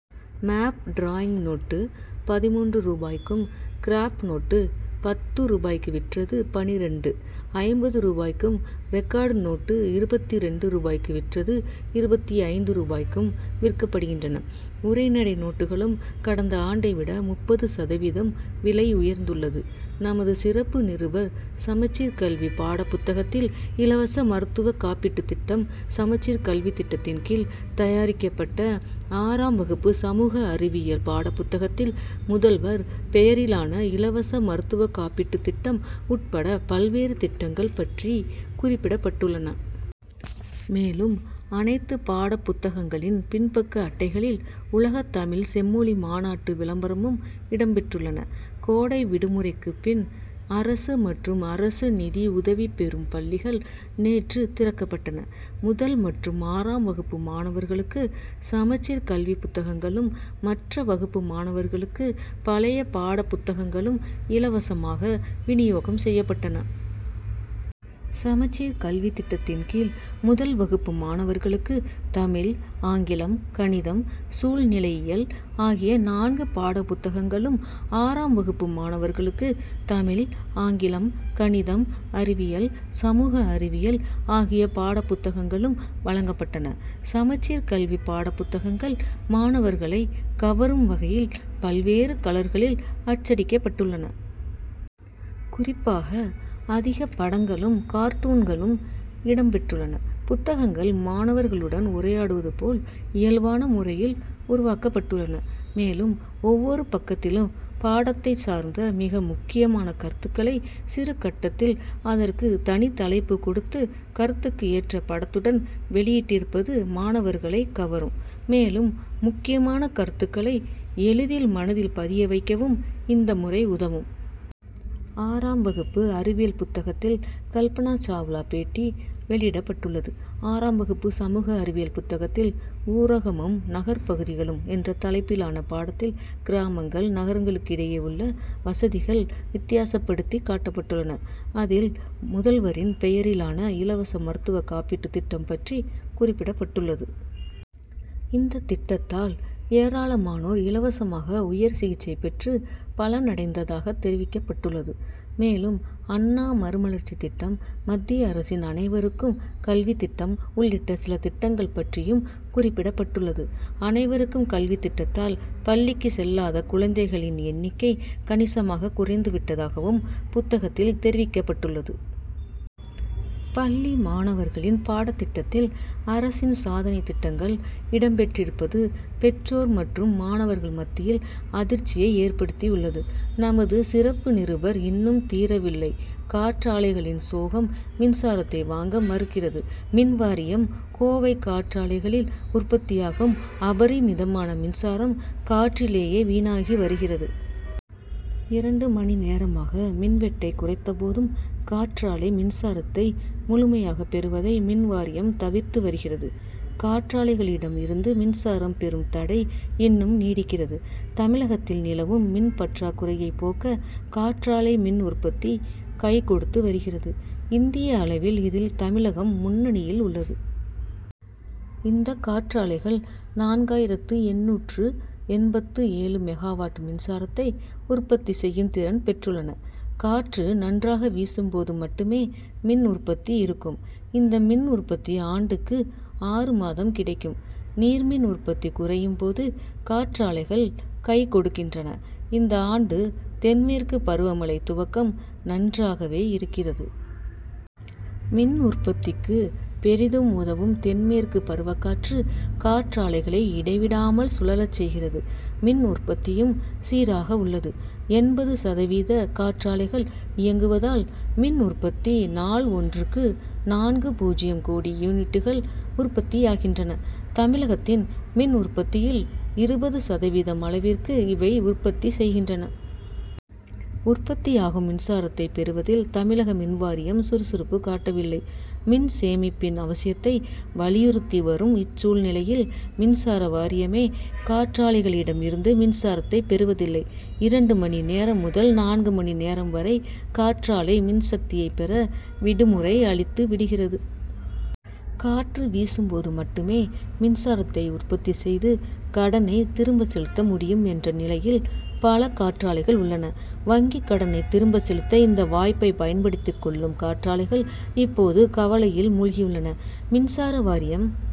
Map drawing note, பதின்மூன்று ரூபாய்க்கும், graph note, பத்து ரூபாய்க்கு விற்றது பன்னிரண்டு.ஐம்பது ரூபாய்க்கும், ரெக்கார்டு நோட்டு, இருபத்திரண்டு ரூபாய்க்கு விற்றது இருபத்தைந்து ரூபாய்க்கும் விற்கப்படுகின்றன. உரைநடை நோட்டுகளும், கடந்த ஆண்டை விட முப்பது சதவீதம் விலை உயர்ந்துள்ளது. நமது சிறப்பு நிருபர் சமச்சீர் கல்வி பாடப்புத்தகத்தில் இலவச மருத்துவ காப்பீட்டு திட்டம் சமச்சீர் கல்வி திட்டத்தின் கீழ், தயாரிக்கப்பட்ட ஆறாம் வகுப்பு சமூக அறிவியல் பாடப்புத்தகத்தில், முதல்வர் பெயரிலான இலவச மருத்துவ காப்பீட்டு திட்டம் உட்பட பல்வேறு திட்டங்கள் பற்றி குறிப்பிடப்பட்டுள்ளன. மேலும், அனைத்து பாடப் புத்தகங்களின் பின்பக்க அட்டைகளில், உலக தமிழ் செம்மொழி மாநாட்டு விளம்பரமும் இடம் பெற்றுள்ளன. கோடை விடுமுறைக்கு பின், அரசு மற்றும் அரசு நிதியுதவி பெறும் பள்ளிகள் நேற்று திறக்கப்பட்டன. முதல் மற்றும் ஆறாம் வகுப்பு மாணவர்களுக்கு, சமச்சீர் கல்வி புத்தகங்களும், மற்ற வகுப்பு மாணவர்களுக்கு பழைய பாடப் புத்தகங்களும் இலவசமாக வினியோகம் செய்யப்பட்டன. சமச்சீர் கல்வி திட்டத்தின் கீழ், முதல் வகுப்பு மாணவர்களுக்கு தமிழ், ஆங்கிலம், கணிதம், சூழ்நிலையியல் ஆகிய நான்கு பாடப் புத்தகங்களும், ஆறாம் வகுப்பு மாணவர்களுக்கு தமிழ், ஆங்கிலம், கணிதம், அறிவியல், சமூக அறிவியல் ஆகிய பாடப் புத்தகங்களும் வழங்கப்பட்டன. சமச்சீர் கல்வி பாடப் புத்தகங்கள், மாணவர்களை கவரும் வகையில், பல்வேறு கலர்களில் அச்சடிக்கப்பட்டுள்ளன. குறிப்பாக, அதிக படங்களும், கார்ட்டூன்களும் இடம் பெற்றுள்ளன. புத்தகங்கள், மாணவர்களுடன் உரையாடுவது போல், இயல்பான முறையில் உருவாக்கப்பட்டுள்ளன. மேலும், ஒவ்வொரு பக்கத்திலும், பாடத்தைச் சார்ந்த மிக முக்கியமான கருத்துக்களை, சிறு கட்டத்தில் அதற்கு தனிதலைப்பு கொடுத்து, கருத்துக்கு ஏற்ற படத்துடன் வெளியிட்டிருப்பது மாணவர்களைக் கவரும். மேலும், முக்கியமான கருத்துக்களை எளிதில் மனதில் பதிய வைக்கவும், இந்த முறை உதவும். ஆறாம் வகுப்பு அறிவியல் புத்தகத்தில், கல்பனா சாவ்லா பேட்டி வெளியிடப்பட்டுள்ளது. ஆறாம் வகுப்பு சமூக அறிவியல் புத்தகத்தில், ஊரகமும் நகர்பகுதிகளும்' என்ற தலைப்பிலான பாடத்தில், கிராமங்கள், நகரங்களுக்கிடையே உள்ள வசதிகள் வித்தியாசப்படுத்தி காட்டப்பட்டுள்ளன. அதில், முதல்வரின் பெயரிலான இலவச மருத்துவ காப்பீட்டு திட்டம் பற்றி குறிப்பிடப்பட்டுள்ளது. இந்த திட்டத்தால், ஏராளமானோர் இலவசமாக உயர் சிகிச்சை பெற்று பலனடைந்ததாக தெரிவிக்கப்பட்டுள்ளது. மேலும், அண்ணா மறுமலர்ச்சி திட்டம், மத்திய அரசின் அனைவருக்கும் கல்வி திட்டம் உள்ளிட்ட சில திட்டங்கள் பற்றியும் குறிப்பிடப்பட்டுள்ளது. அனைவருக்கும் கல்வி திட்டத்தால், பள்ளிக்கு செல்லாத குழந்தைகளின் எண்ணிக்கை கணிசமாக குறைந்து விட்டதாகவும், புத்தகத்தில் தெரிவிக்கப்பட்டுள்ளது. பள்ளி மாணவர்களின் பாடத் திட்டத்தில் அரசின் சாதனை திட்டங்கள் இடம்பெற்றிருப்பது பெற்றோர் மற்றும் மாணவர்கள் மத்தியில் அதிர்ச்சியை ஏற்படுத்தியுள்ளது. நமது சிறப்பு நிருபர் இன்னும் தீரவில்லை காற்றாலைகளின் சோகம் மின்சாரத்தை வாங்க மறுக்கிறது மின்வாரியம் கோவை காற்றாலைகளில் உற்பத்தியாகும் அபரிமிதமான மின்சாரம், காற்றிலேயே வீணாகி வருகிறது. இரண்டு மணி நேரமாக மின்வெட்டை குறைத்தபோதும், காற்றாலை மின்சாரத்தை முழுமையாக பெறுவதை மின்வாரியம் தவிர்த்து வருகிறது. காற்றாலைகளிடம் இருந்து மின்சாரம் பெறும் தடை இன்னும் நீடிக்கிறது. தமிழகத்தில் நிலவும் மின் பற்றாக்குறையை போக்க காற்றாலை மின் உற்பத்தி கைகொடுத்து வருகிறது. இந்திய அளவில், இதில் தமிழகம் முன்னணியில் உள்ளது. இந்த காற்றாலைகள், நான்காயிரத்து எண்ணூற்று எண்பத்து ஏழு மெகாவாட் மின்சாரத்தை உற்பத்தி செய்யும் திறன் பெற்றுள்ளன. காற்று நன்றாக வீசும்போது மட்டுமே மின் உற்பத்தி இருக்கும். இந்த மின் உற்பத்தி ஆண்டுக்கு ஆறுமாதம் கிடைக்கும். நீர்மின் உற்பத்தி குறையும்போது, காற்றாலைகள் கைகொடுக்கின்றன. இந்த ஆண்டு தென்மேற்கு பருவமழை துவக்கம் நன்றாகவே இருக்கிறது. மின் உற்பத்திக்கு பெரிதும் உதவும் தென்மேற்கு பருவக்காற்று, காற்றாலைகளை இடைவிடாமல் சுழலச் செய்கிறது. மின் உற்பத்தியும் சீராக உள்ளது. எண்பது சதவீத காற்றாலைகள் இயங்குவதால், மின் உற்பத்தி நாள் ஒன்றுக்கு நான்கு.பூஜ்ஜியம் கோடி யூனிட்டுகள் உற்பத்தியாகின்றன. தமிழகத்தின் மின் உற்பத்தியில் இருபது சதவீதம் அளவிற்கு இவை உற்பத்தி செய்கின்றன. உற்பத்தியாகும் மின்சாரத்தை பெறுவதில் தமிழக மின்வாரியம் சுறுசுறுப்பு காட்டவில்லை. மின் சேமிப்பின் அவசியத்தை வலியுறுத்தி வரும் இச்சூழ்நிலையில், மின்சார வாரியமே காற்றாலைகளிடம் இருந்து மின்சாரத்தை பெறுவதில்லை. இரண்டு மணி நேரம் முதல் நான்கு மணி நேரம் வரை காற்றாலை மின்சக்தியை பெற, விடுமுறை' அளித்து விடுகிறது. காற்று வீசும்போது மட்டுமே, மின்சாரத்தை உற்பத்திசெய்து, கடனை திரும்ப செலுத்த முடியும் என்ற நிலையில் பல காற்றாலைகள் உள்ளன. வங்கிக் கடனை திரும்ப செலுத்த இந்த வாய்ப்பை பயன்படுத்திக் கொள்ளும் காற்றாலைகள் இப்போது கவலையில் மூழ்கியுள்ளன. மின்சார வாரியம்,